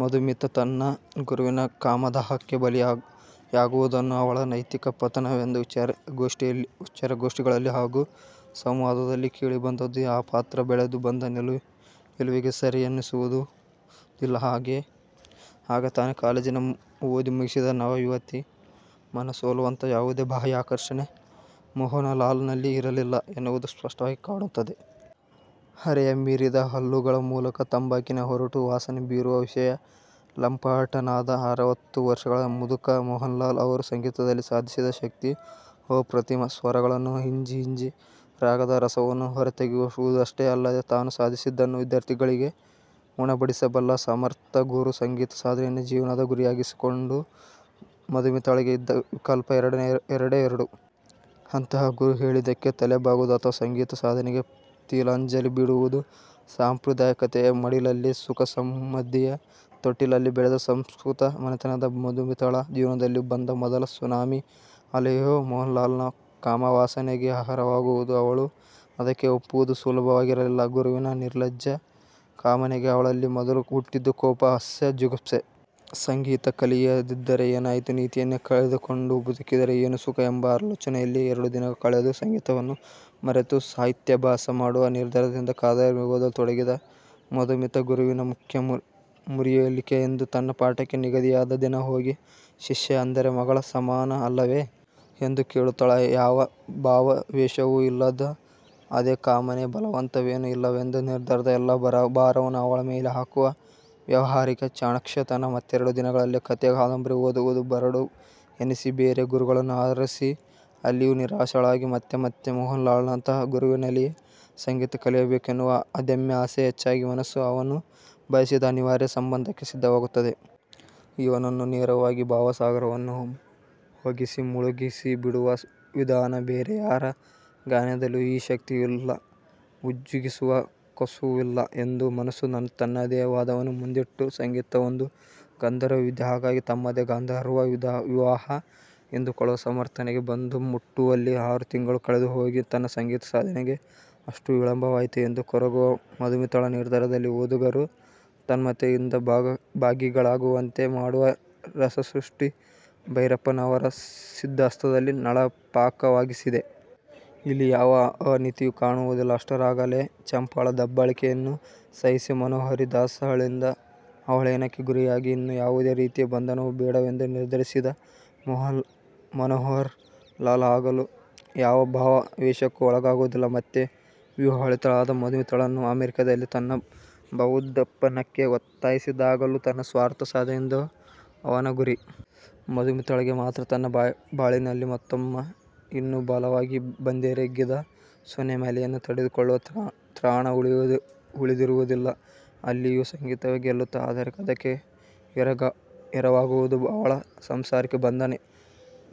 ಮಧುಮಿತಾ ತನ್ನ ಗುರುವಿನ ಕಾಮದಾಹಕ್ಕೆ ಬಲಿಯಾಗುವುದನ್ನು ಅವಳ ನೈತಿಕ ಪತನವೆಂದು ವಿಚಾರಗೋಷ್ಠಿಗಳಲ್ಲಿ ಹಾಗೂ ಸಂವಾದದಲ್ಲಿ ಕೇಳಿಬಂದದ್ದು ಆ ಪಾತ್ರ ಬೆಳೆದು ಬಂದ ನಿಲುವಿಗೆ ಸರಿ ಎನಿಸುವುದಿಲ್ಲ. ಆಗ ತಾನೇ ಕಾಲೇಜಿನ ಓದು ಮುಗಿಸಿದ್ದ ನವ ಯುವತಿ ಮನಸೋಲುವಂತಹ ಯಾವುದೇ ಬಾಹ್ಯ ಆಕರ್ಷಣೆ ಮೋಹನಲಾಲನಲ್ಲಿ ಇರಲಿಲ್ಲ ಎನ್ನುವುದು ಸ್ಪಷ್ಟವಾಗಿ ಕಾಣುತ್ತದೆ. ಹರೆಯ ಮೀರಿದ, ಹಲ್ಲುಗಳ ಮೂಲಕ ತಂಬಾಕಿನ ಒರಟು ವಾಸನೆ ಬೀರುವ ವಿಷಯ ಲಂಪಟನಾದ ಅರವತ್ತು ವರ್ಷಗಳ ಮುದುಕ ಮೋಹನಲಾಲ್. ಅವನು ಸಂಗೀತದಲ್ಲಿ ಸಾಧಿಸಿದ್ದ ಶಕ್ತಿ ಅಪ್ರತಿಮ. ಸ್ವರಗಳನ್ನು ಹಿಂಜಿ ಹಿಂಜಿ ರಾಗದ ರಸವನ್ನು ಹೊರತೆಗೆಯುವುದಷ್ಟೇ ಅಲ್ಲದೆ, ತಾನು ಸಾಧಿಸಿದ್ದನ್ನು ವಿದ್ಯಾರ್ಥಿಗಳಿಗೆ ಉಣಬಡಿಸಬಲ್ಲ ಸಮರ್ಥ ಗುರು. ಸಂಗೀತ ಸಾಧನೆಯನ್ನೇ ಜೀವನದ ಗುರಿಯಾಗಿಸಿಕೊಂಡ ಮಧುಮಿತಾಳಿಗೆ ಇದ್ದ ವಿಕಲ್ಪ ಎರಡೇ ಎರಡು. ಅಂತಹ ಗುರು ಹೇಳಿದ್ದಕ್ಕೆ ತಲೆ ಬಾಗುವುದು ಅಥವಾ ಸಂಗೀತ ಸಾಧನೆಗೆ ತಿಲಾಂಜಲಿ ಬಿಡುವುದು. ಸಾಂಪ್ರದಾಯಿಕತೆಯ ಮಡಿಲಲ್ಲಿ, ಸುಖ-ಸಮದ್ಧಿಯ ತೊಟ್ಟಿಲಲ್ಲಿ ಬೆಳೆದ ಸುಸಂಸ್ಕತ ಮನೆತನದ ಮಧುಮಿತಾಳ ಜೀವನದಲ್ಲಿ ಬಂದ ಮೊದಲ ಸುನಾಮಿ ಅಲೆಯೇ ಮೋಹನಲಾಲನ ಕಾಮವಾಸನೆಗೆ ಆಹಾರವಾಗುವುದು. ಅವಳು ಅದಕ್ಕೆ ಒಪ್ಪುವುದು ಸುಲಭವಾಗಿರಲಿಲ್ಲ. ಗುರುವಿನ ನಿರ್ಲಜ್ಜ ಕಾಮನೆಗೆ ಅವಳಲ್ಲಿ ಮೊದಲು ಹುಟ್ಟಿದ್ದು ಕೋಪ-ಅಸಹ್ಯ-ಜಿಗುಪ್ಸೆ. ಸಂಗೀತ ಕಲಿಯದಿದ್ದರೆ ಏನಾಯಿತು? ನೀತಿಯನ್ನೇ ಕಳೆದುಕೊಂಡು ಬದುಕಿದರೆ ಏನು ಸುಖ? ಎಂಬ ಆಲೋಚನೆಯಲ್ಲಿ ಎರಡು ದಿನ ಕಳೆದು ಸಂಗೀತವನ್ನು ಮರೆತು, ಸಾಹಿತ್ಯಾಭ್ಯಾಸ ಮಾಡುವ ನಿರ್ಧಾರದಿಂದ ಕಾದಂಬರಿ ಓದಲು ತೊಡಗಿದ ಮಧುಮಿತಾ ಗುರುವಿನ ಮುಖ ಮುರಿಯಲಿಕ್ಕೆಂದೇ ತನ್ನ ಪಾಠಕ್ಕೆ ನಿಗದಿಯಾದ ದಿನ ಹೋಗಿ 'ಶಿಷ್ಯೆ ಅಂದರೆ ಮಗಳ ಸಮಾನ ಅಲ್ಲವೇ? ' ಎಂದು ಕೇಳುತ್ತಾಳೆ. ಯಾವ ಭಾವಾವೇಶವೂ ಇಲ್ಲದ ಅದೇ ಕಾಮನೆ.. ಬಲವಂತವೇನೂ ಇಲ್ಲವೆಂದು ನಿರ್ಧಾರದ ಎಲ್ಲಾ ಭಾರವನ್ನೂ ಅವಳ ಮೇಲೇ ಹಾಕುವ ವ್ಯಾವಹಾರಿಕ ಚಾಣಾಕ್ಷತನ. ಮತ್ತೆರಡು ದಿನಗಳಲ್ಲೇ, ಕಥೆ-ಕಾದಂಬರಿ ಓದುವುದು ಬರಡು ಎನಿಸಿ, ಬೇರೆ ಗುರುಗಳನ್ನು ಅರಸಿ ಅಲ್ಲಿಯೂ ನಿರಾಶಳಾಗಿ, ಮತ್ತೆ ಮತ್ತೆ, ಮೋಹನಲಾಲನಂತಹ ಗುರುವಿನಲ್ಲಿಯೇ ಸಂಗೀತ ಕಲಿಯಬೇಕೆನ್ನುವ ಅದಮ್ಯ ಆಸೆಯೇ ಹೆಚ್ಚಾಗಿ ಮನಸ್ಸು ಅವನು ಬಯಸಿದ ಅನಿವಾರ್ಯ ಸಂಬಂಧಕ್ಕೆ ಸಿದ್ಧವಾಗುತ್ತದೆ. ' ಇವನದು ನೇರವಾಗಿ ಭಾವ ಸಾಗರವನ್ನು ಹೊಗಿಸಿ ಮುಳುಗಿಸಿಬಿಡುವ ವಿಧಾನಬೇರೆ ಯಾರ ಗಾಯನದಲ್ಲಿಯೂ ಈ ಶಕ್ತಿ ಇಲ್ಲಉಜ್ಜುಗಿಸುವ ಕಸುವಿಲ್ಲ' ಎಂದು ಮನಸ್ಸು ತನ್ನದೇ ವಾದವನ್ನು ಮುಂದಿಟ್ಟು, ಸಂಗೀತ ಒಂದು ಗಂಧರ್ವ ವಿದ್ಯೆ, ಹಾಗಾಗಿ ತಮ್ಮದು ಗಾಂಧರ್ವ ವಿವಾಹ ಎಂದುಕೊಳ್ಳುವ ಸಮರ್ಥನೆಗೆ ಬಂದು ಮುಟ್ಟುವಲ್ಲಿ ಆರು ತಿಂಗಳು ಕಳೆದುಹೋಗಿ, ತನ್ನ ಸಂಗೀತ ಸಾಧನೆಗೆ ಅಷ್ಟು ವಿಳಂಬವಾಯಿತು ಎಂದು ಕೊರಗುವ ಮಧುಮಿತಾಳ ನಿರ್ಧಾರದಲ್ಲಿ ಓದುಗರೂ ತನ್ಮಯತೆಯಿಂದ ಭಾಗಿಗಳಾಗುವಂತೆ ಮಾಡುವ ರಸಸಷ್ಟಿ ಭೆರಪ್ಪನವರ ಸಿದ್ಧಹಸ್ತದಲ್ಲಿ ನಳಪಾಕವಾಗಿಸಿದೆ. ಇಲ್ಲಿ ಯಾವ ಅನೀತಿಯೂ ಕಾಣುವುದಿಲ್ಲ. ಅಷ್ಟರಲ್ಲಾಗಲೇ, ಚಂಪಾಳ ದಬ್ಬಾಳಿಕೆಯನ್ನು ಸಹಿಸಿ, ಮನೋಹರಿ ದಾಸಳಿಂದ ಅವಹೇಳನಕ್ಕೆ ಗುರಿಯಾಗಿ ಇನ್ನು ಯಾವುದೇ ರೀತಿಯ ಬಂಧನವೂ ಬೇಡವೆಂದು ನಿರ್ಧರಿಸಿದ್ದ ಮನೋಹರಲಾಲ, ಆಗಲೂ ಯಾವ ಭಾವಾವೇಶಕ್ಕೂ ಒಳಗಾಗುವುದಿಲ್ಲ. ಮತ್ತೆ, ವಿವಾಹಿತಳಾದ ಮಧುಮಿತಾಳನ್ನು ಅಮೆರಿಕದಲ್ಲಿ ತನ್ನ ಭಾವೋದ್ದೀಪನಕ್ಕೆ ಒತ್ತಾಯಿಸಿದಾಗಲೂ ತನ್ನ ಸ್ವಾರ್ಥ ಸಾಧನೆಯೊಂದೇ ಅವನ ಗುರಿ. ಮಧುಮಿತಾಳಿಗೆ ಮಾತ್ರ ತನ್ನ ಬಾಳಿನಲ್ಲಿ ಮತ್ತೊಮ್ಮೆ ಇನ್ನೂ ಬಲವಾಗಿ ಬಂದೆರಗಿದ ಸುನಾಮಿ ಅಲೆಯನ್ನು ತಡೆದುಕೊಳ್ಳುವ ತ್ರಾಣ ಉಳಿದಿರುವುದಿಲ್ಲ. ಅಲ್ಲಿಯೂ ಸಂಗೀತವೇ ಗೆಲ್ಲುತ್ತದೆ. ಆದರೆ ಅದಕ್ಕೆ ಎರವಾಗುವುದು ಅವಳ ಸಾಂಸಾರಿಕ ಬಂಧನ.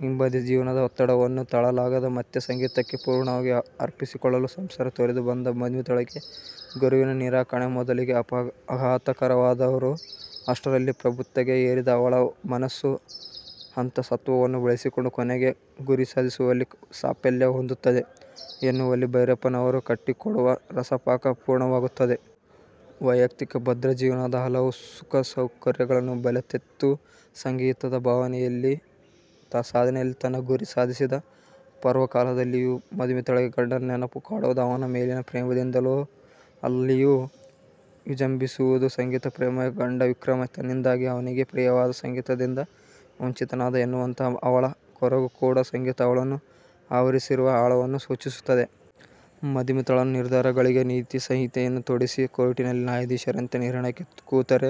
ಇಬ್ಬಂದಿ ಜೀವನದ ಒತ್ತಡವನ್ನು ತಾಳಲಾಗದೆ, ಮತ್ತೆ ಸಂಗೀತಕ್ಕೇ ಪೂರ್ಣವಾಗಿ ಅರ್ಪಿಸಿಕೊಳ್ಳಲು ಸಂಸಾರ ತೊರೆದು ಬಂದ ಮಧುಮಿತಾಳಿಗೆ, ಗುರುವಿನ ನಿರಾಕರಣೆ ಮೊದಲಿಗೆ ಆಘಾತಕರವಾದರೂ, ಅಷ್ಟರಲ್ಲಿ ಪ್ರಬುದ್ಧತೆಗೆ ಏರಿದ್ದ ಅವಳ ಮನಸ್ಸು, ಅಂತಃಸತ್ತ್ವವನ್ನು ಬೆಳೆಸಿಕೊಂಡು ಕೊನೆಗೆ ಗುರಿಸಾಧಿಸುವಲ್ಲಿ ಸಾಫಲ್ಯ ಹೊಂದುತ್ತದೆ ಎನ್ನುವಲ್ಲಿ ಭೆರಪ್ಪನವರು ಕಟ್ಟಿಕೊಡುವ ರಸಪಾಕ ಪೂರ್ಣವಾಗುತ್ತದೆ. ವೆಯಕ್ತಿಕ ಭದ್ರ ಜೀವನದ ಹಲವು ಸುಖ-ಸೌಕರ್ಯಗಳನ್ನು ಬಲಿತೆತ್ತು, ಸಂಗೀತದ ಸಾಧನೆಯಲ್ಲಿ ತನ್ನ ಗುರಿ ಸಾಧಿಸಿದ ಪರ್ವಕಾಲದಲ್ಲಿಯೂ ಮಧುಮಿತಾಳಿಗೆ ಗಂಡನ ನೆನಪು ಕಾಡುವುದು ಅವನ ಮೇಲಿನ ಪ್ರೇಮದಿಂದಲ್ಲಅಲ್ಲಿಯೂ ವಿಜಂಭಿಸುವುದು ಸಂಗೀತ ಪ್ರೇಮವೇ.. ಗಂಡ ವಿಕ್ರಮ ತನ್ನಿಂದಾಗಿ, ಅವನಿಗೆ ಪ್ರಿಯವಾದ ಸಂಗೀತದಿಂದ ವಂಚಿತನಾದ ಎನ್ನುವಂತಹ ಅವಳ ಕೊರಗೂ ಕೂಡ ಸಂಗೀತ ಅವಳನ್ನು ಆವರಿಸಿರುವ ಆಳವನ್ನು ಸೂಚಿಸುತ್ತದೆ. ಮಧುಮಿತಾಳ ನಿರ್ಧಾರಗಳಿಗೆ ನೀತಿ ಸಂಹಿತೆಯನ್ನು ತೊಡಿಸಿ, ಕೋರ್ಟಿನಲ್ಲಿ ನ್ಯಾಯಾಧೀಶರಂತೆ ನಿರ್ಣಯಕ್ಕೆ ಕೂತರೆ,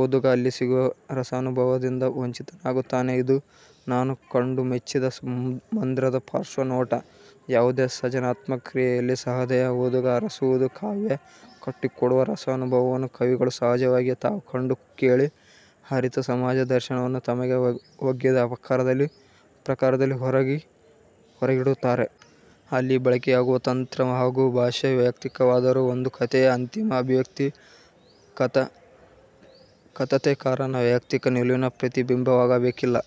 ಓದುಗ ಅಲ್ಲಿ ಸಿಗುವ ರಸಾನುಭವದಿಂದ ವಂಚಿತನಾಗುತ್ತಾನೆ. ಇದು, ನಾನು ಕಂಡು ಮೆಚ್ಚಿದ ಮಂದ್ರದ ಪಾರ್ಶ್ವ ನೋಟ. ಯಾವುದೇ ಸಜನಾತ್ಮಕ ಕ್ರಿಯೆಯಲ್ಲಿ ಸಹದಯ ಓದುಗ ಅರಸುವುದು ಕಾವ್ಯ ಕಟ್ಟಿಕೊಡುವ ರಸಾನುಭವವನ್ನು. ಕವಿಗಳು ಸಹಜವಾಗಿಯೇ, ತಾವು ಕಂಡು ಕೇಳಿ ಅರಿತ ಸಮಾಜ ದರ್ಶನವನ್ನು ತಮಗೆ ಒಗ್ಗಿದ ಪ್ರಕಾರದಲ್ಲಿ ಹೊರಗಿಡುತ್ತಾರೆ. ಅಲ್ಲಿ ಬಳಕೆಯಾಗುವ ತಂತ್ರ ಹಾಗೂ ಭಾಷೆ ವೆಯಕ್ತಿಕವಾದರೂ, ಒಂದು ಕಥೆಯ ಅಂತಿಮ ಅಭಿವ್ಯಕ್ತಿ ಕತಥೆಕಾರನ ವೈಯಕ್ತಿಕ ನಿಲುವಿನ ಪ್ರತಿಬಿಂಬವಾಗಬೇಕಿಲ್ಲ.